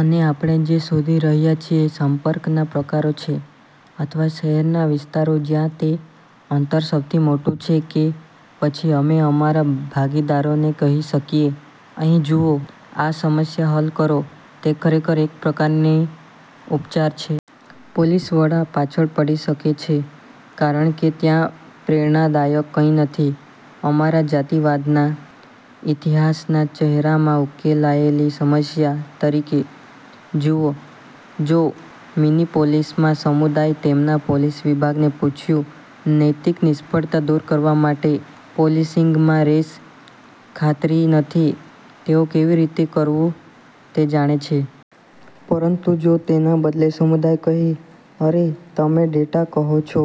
અને આપણે જે શોધી રહ્યા છીએ સંપર્કના પ્રકારો છે અથવા શહેરના વિસ્તારો જ્યાં તે અંતર સૌથી મોટું છે કે પછી અમે અમારા ભાગીદારોને કહી શકીએ "અહીં જુઓ. આ સમસ્યા હલ કરો". તે ખરેખર એક પ્રકારની ઉપચાર છે. પોલીસ વડા પાછળ પડી શકે છે કારણ કે ત્યાં પ્રેરણાદાયક કંઈ નથી અમારા જાતિવાદના ઇતિહાસના ચહેરામાં ઉકેલાયેલી સમસ્યા તરીકે. જુઓ, જો મિનીપોલિસમાં સમુદાય તેમના પોલીસ વિભાગને પૂછ્યું નૈતિક નિષ્ફળતા દૂર કરવા માટે પોલીસિંગમાં રેસ, ખાતરી નથી તેઓ કેવી રીતે કરવું તે જાણે છે. પરંતુ જો તેના બદલે સમુદાય કહે, "અરે, તમે ડેટા કહો છો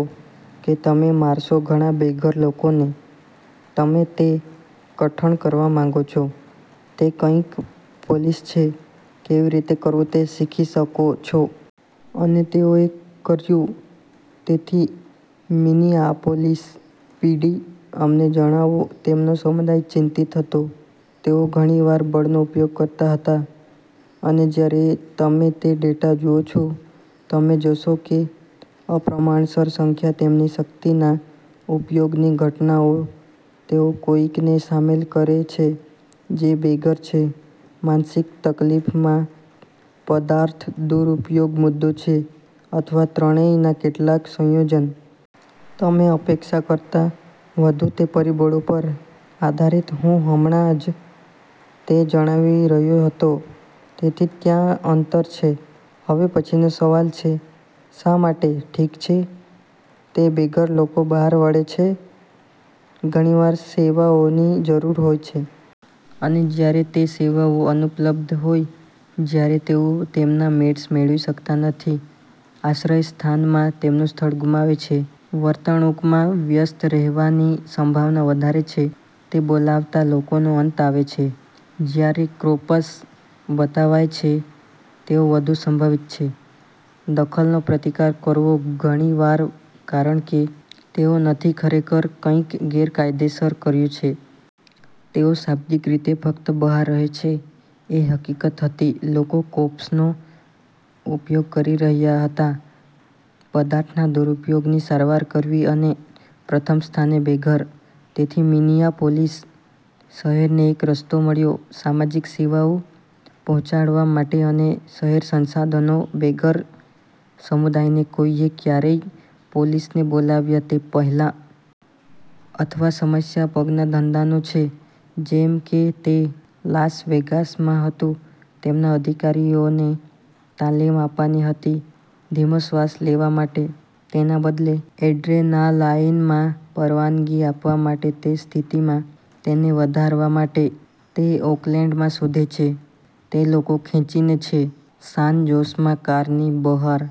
કે તમે મારશો ઘણા બેઘર લોકોને, તમે તે કઠણ કરવા માંગો છો"? તે કંઈક પોલીસ છે. કેવી રીતે કરવું તે શીખી શકો છો. અને તેઓએ કર્યું. તેથી, મિનીઆપોલિસ પીડી અમને જણાવો તેમનો સમુદાય ચિંતિત હતો તેઓ ઘણી વાર બળનો ઉપયોગ કરતા હતા. અને જ્યારે તમે તે ડેટા જુઓ છો, તમે જોશો કે અપ્રમાણસર સંખ્યા તેમની શક્તિના ઉપયોગની ઘટનાઓ તેઓ કોઈકને સામેલ કરે છે જે બેઘર છે, માનસિક તકલીફમાં, પદાર્થ દુરૂપયોગ મુદ્દો છે અથવા ત્રણેયના કેટલાક સંયોજન. તમે અપેક્ષા કરતાં વધુ તે પરિબળો પર આધારિત હું હમણાં જ તે જણાવી રહ્યો હતો. તેથી ત્યાં અંતર છે. હવે પછીનો સવાલ છે "શા માટે"? ઠીક છે, તે બેઘર લોકો બહાર વળે છે ઘણીવાર સેવાઓની જરૂર હોય છે. અને જ્યારે તે સેવાઓ અનુપલબ્ધ હોય, જ્યારે તેઓ તેમના મેડ્સ મેળવી શકતા નથી, આશ્રયસ્થાનમાં તેમનું સ્થળ ગુમાવે છે. વર્તણૂંકમાં વ્યસ્ત રહેવાની સંભાવના વધારે છે તે બોલાવતા લોકોનો અંત આવે છે. જ્યારે ક્રોપસ બતાવાય છે તેઓ વધુ સંભવિત છે દખલનો પ્રતિકાર કરવો ઘણી વાર કારણ કે તેઓ નથી ખરેખર કંઈક ગેરકાયદેસર કર્યું છે. તેઓ શાબ્દિક રીતે ફક્ત બહાર રહે છે. એ હકીકત હતી લોકો કોપ્સનો ઉપયોગ કરી રહ્યા હતા પદાર્થના દુરૂપયોગની સારવાર કરવી અને પ્રથમ સ્થાને બેઘર. તેથી મિનીઆપોલિસ શહેરને એક રસ્તો મળ્યો સામાજિક સેવાઓ પહોંચાડવા માટે અને શહેર સંસાધનો બેઘર સમુદાયને કોઈએ ક્યારેય પોલીસને બોલાવ્યા તે પહેલાં. અથવા સમસ્યા પગના ધંધાનો છે જેમ કે તે લાસ વેગાસમાં હતું. તેમના અધિકારીઓને તાલીમ આપવાની હતી ધીમો શ્વાસ લેવા માટે. તેના બદલે એડ્રેનાલાઇનમાં પરવાનગી આપવા માટે તે સ્થિતિમાં તેને વધારવા માટે. તે ઓકલેન્ડમાં શોધે છે. તે લોકો ખેંચીને છે સાન જોસમાં કારની બહાર.